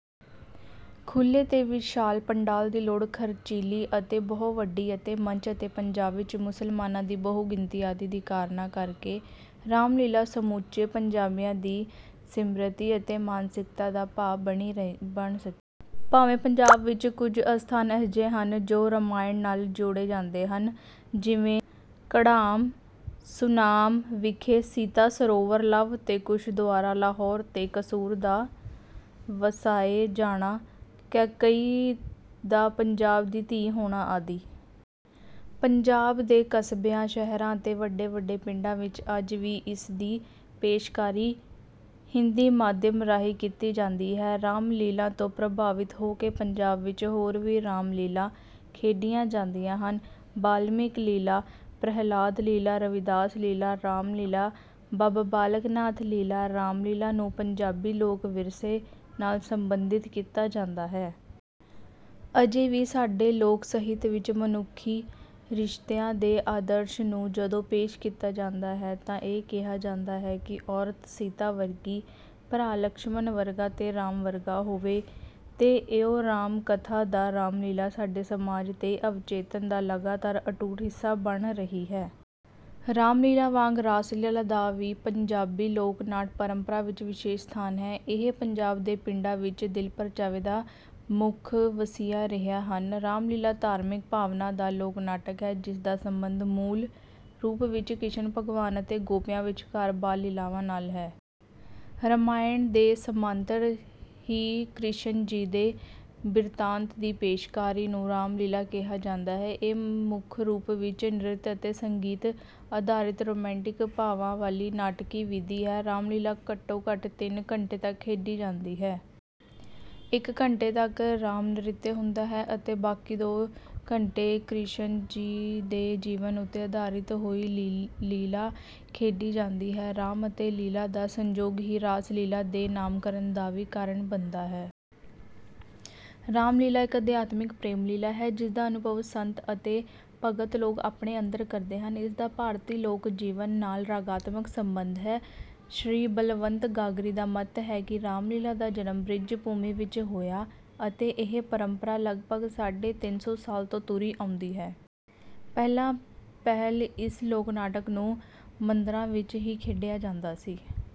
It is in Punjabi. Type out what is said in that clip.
ਖੁੱਲ੍ਹੇ ਤੇ ਵਿਸ਼ਾਲ ਪੰਡਾਲ ਦੀ ਲੋੜ, ਖ਼ਰਚੀਲੀ ਅਤੇ ਬਹੁਤ ਵੱਡੀ ਅਤੇ ਮੰਚ ਅਤੇ ਪੰਜਾਬ ਵਿੱਚ ਮੁਸਲਮਾਨਾਂ ਦੀ ਬਹੁ-ਗਿਣਤੀ ਆਦਿ ਕੀ ਕਾਰਨਾਂ ਕਰਕੇ ਰਾਮ-ਲੀਲ੍ਹਾ ਸਮੁੱਚੇ ਪੰਜਾਬੀਆਂ ਦੀ ਸਿਮਰਤੀ ਅਤੇ ਮਾਨਸਿਕਤਾ ਦਾ ਭਾਗ ਨਹੀਂ ਬਣ ਸਕੀ। ਭਾਵੇਂ ਪੰਜਾਬ ਵਿੱਚ ਕੁਝ ਅਸਥਾਨ ਅਜਿਹੇ ਹਨ, ਜੋ ਰਾਮਾਇਣ ਨਾਲ ਜੋੜੇ ਜਾਂਦੇ ਹਨ। ਜਿਵੇਂ: ਘੜਾਮ, ਸੁਨਾਮ ਵਿਖੇ ਸੀਤਾ ਸਰੋਵਰ, ਲਵ ਤੇ ਕੁਸ਼ ਦੁਆਰਾ ਲਾਹੌਰ ਤੇ ਕਸੂਰ ਦਾ ਵਸਾਏ ਜਾਣਾ, ਕੈਕੇਈ ਦਾ ਪੰਜਾਬ ਦੀ ਧੀ ਹੋਣਾ ਆਦਿ। ਪੰਜਾਬ ਦੇ ਕਸਬਿਆਂ, ਸ਼ਹਿਰਾਂ ਅਤੇ ਵੱਡੇ-ਵੱਡੇ ਪਿੰਡਾਂ ਵਿੱਚ ਅੱਜ ਵੀ ਇਸ ਦੀ ਪੇਸ਼ਕਾਰੀ ਹਿੰਦੀ ਮਾਧਿਅਮ ਰਾਹੀਂ ਕੀਤੀ ਜਾਂਦੀ ਹੈ। ਰਾਮ-ਲੀਲ੍ਹਾ ਤੋਂ ਪ੍ਰਭਾਵਿਤ ਹੋ ਕੇ ਪੰਜਾਬ ਵਿੱਚ ਹੋਰ ਵੀ ਰਾਮ-ਲੀਲ੍ਹਾ ਖੇਡੀਆਂ ਜਾਂਦੀਆਂ ਹਨ। ਬਾਲਮੀਕ ਲੀਲ੍ਹਾ, ਪ੍ਰਹਿਲਾਦ ਲੀਲ੍ਹਾ, ਰਵੀਦਾਸ ਲੀਲ੍ਹਾ, ਰਾਸ-ਲੀਲ੍ਹਾ, ਬਾਬਾ ਬਾਲਕ ਨਾਥ ਲੀਲ੍ਹਾ, ਰਾਮ-ਲੀਲ੍ਹਾ ਨੂੰ ਪੰਜਾਬੀ ਲੋਕ-ਵਿਰਸੇ ਨਾਲ ਸਬੰਧਿਤ ਕੀਤਾ ਜਾਂਦਾ ਹੈ। ਅਜੇ ਵੀ ਸਾਡੇ ਲੋਕ-ਸਾਹਿਤ ਵਿੱਚ ਮਨੁੱਖੀ ਰਿਸ਼ਤਿਆਂ ਦੇ ਆਦਰਸ਼ ਨੂੰ ਜਦੋਂ ਪੇਸ਼ ਕੀਤਾ ਜਾਂਦਾ ਹੈ ਤਾਂ ਇਹ ਕਿਹਾ ਜਾਂਦਾ ਹੈ ਕਿ ਔਰਤ ਸੀਤਾ ਵਰਗੀ, ਭਰਾ ਲਛਮਣ ਵਰਗਾ ਤੇ ਰਾਮ ਵਰਗਾ ਹੋਵੇ। ਤੇ ਇਉਂ ਰਾਮ-ਕਥਾ ਜਾਂ ਰਾਮ-ਲੀਲ੍ਹਾ ਸਾਡੇ ਸਮਾਜ ਦੇ ਅਵਚੇਤਨ ਦਾ ਲਗਾਤਾਰ ਅਟੁੱਟ ਹਿੱਸਾ ਬਣੀ ਰਹੀ ਹੈ। ਰਾਮ-ਲੀਲ੍ਹਾ ਵਾਂਗ ਰਾਸ-ਲੀਲ੍ਹਾ ਦਾ ਵੀ ਪੰਜਾਬੀ ਲੋਕ-ਨਾਟ ਪਰੰਪਰਾ ਵਿੱਚ ਵਿਸ਼ੇਸ਼ ਸਥਾਨ ਹੈ। ਇਹ ਪੰਜਾਬ ਦੇ ਪਿੰਡਾਂ ਵਿੱਚ ਦਿਲ-ਪਰਚਾਵੇ ਦਾ ਮੁੱਖ ਵਸੀਲਾ ਰਹੀਆਂ ਹਨ। ਰਾਸ-ਲੀਲ੍ਹਾ ਧਾਰਮਿਕ ਭਾਵਨਾ ਦਾ ਲੋਕ-ਨਾਟਕ ਹੈ, ਜਿਸ ਦਾ ਸੰਬੰਧ ਮੂਲ ਰੂਪ ਵਿੱਚ ਕ੍ਰਿਸ਼ਨ ਭਗਵਾਨ ਅਤੇ ਗੋਪੀਆਂ ਵਿਚਕਾਰ ਬਾਲ-ਲੀਲ੍ਹਾਵਾਂ ਨਾਲ ਹੈ। ਰਾਮਾਇਣ ਦੇ ਸਮਾਨੰਤਰ ਹੀ ਕ੍ਰਿਸ਼ਨ ਜੀ ਦੇ ਬਿਰਤਾਂਤ ਦੀ ਪੇਸ਼ਕਾਰੀ ਨੂੰ ਰਾਸ-ਲੀਲ੍ਹਾ ਕਿਹਾ ਜਾਂਦਾ ਹੈ। ਇਹ ਮੁੱਖ ਰੂਪ ਵਿੱਚ ਨ੍ਰਿਤ ਅਤੇ ਸੰਗੀਤ ਆਧਾਰਿਤ ਰੋਮਾਂਟਿਕ ਭਾਵਾਂ ਵਾਲੀ ਨਾਟਕੀ ਵਿਧੀ ਹੈ। ਰਾਸ-ਲੀਲ੍ਹਾ ਘੱਟੋ-ਘੱਟ ਤਿੰਨ ਘੰਟੇ ਤੱਕ ਖੇਡੀ ਜਾਂਦੀ ਹੈ। ਇੱਕ ਘੰਟੇ ਤੱਕ ਰਾਸ-ਨ੍ਰਿਤ ਹੁੰਦਾ ਹੈ ਅਤੇ ਬਾਕੀ ਦੋ ਘੰਟੇ ਕ੍ਰਿਸ਼ਨ ਜੀ ਦੇ ਜੀਵਨ ਉੱਤੇ ਆਧਾਰਿਤ ਕੋਈ ਵੀ ਲੀਲ੍ਹਾ ਖੇਡੀ ਜਾਂਦੀ ਹੈ। "ਰਾਸ ਅਤੇ ਲੀਲ੍ਹਾ ਦਾ ਸੰਜੋਗ ਹੀ ਰਾਸ-ਲੀਲ੍ਹਾ ਦੇ ਨਾਮਕਰਨ ਦਾ ਵੀ ਕਾਰਨ ਬਣਦਾ ਹੈ।" ਰਾਸ-ਲੀਲ੍ਹਾ ਇੱਕ ਅਧਿਆਤਮਕ ਪ੍ਰੇਮ-ਲੀਲ੍ਹਾ ਹੈ, ਜਿਸ ਦਾ ਅਨੁਭਵ ਸੰਤ ਅਤੇ ਭਗਤ ਲੋਕ ਆਪਣੇ ਅੰਦਰ ਕਰਦੇ ਹਨ। ਇਸ ਦਾ ਭਾਰਤੀ ਲੋਕ-ਜੀਵਨ ਨਾਲ ਰਾਗਾਤਮਕ ਸੰਬੰਧ ਹੈ। ਸ੍ਰੀ ਬਲਵੰਤ ਗਾਰਗੀ ਦਾ ਮੱਤ ਹੈ ਕਿ, "ਰਾਸ-ਲੀਲ੍ਹਾ ਦਾ ਜਨਮ ਬ੍ਰਿਜ-ਭੂਮੀ ਵਿੱਚ ਹੋਇਆ ਅਤੇ ਇਹ ਪਰੰਪਰਾ ਲਗਭਗ ਸਾਢੇ ਤਿੰਨ ਸੌ ਸਾਲ ਤੋਂ ਤੁਰੀ ਆਉਂਦੀ ਹੈ।" ਪਹਿਲਾਂ-ਪਹਿਲ ਇਸ ਲੋਕ-ਨਾਟਕ ਨੂੰ ਮੰਦਰਾਂ ਵਿੱਚ ਹੀ ਖੇਡਿਆ ਜਾਂਦਾ ਸੀ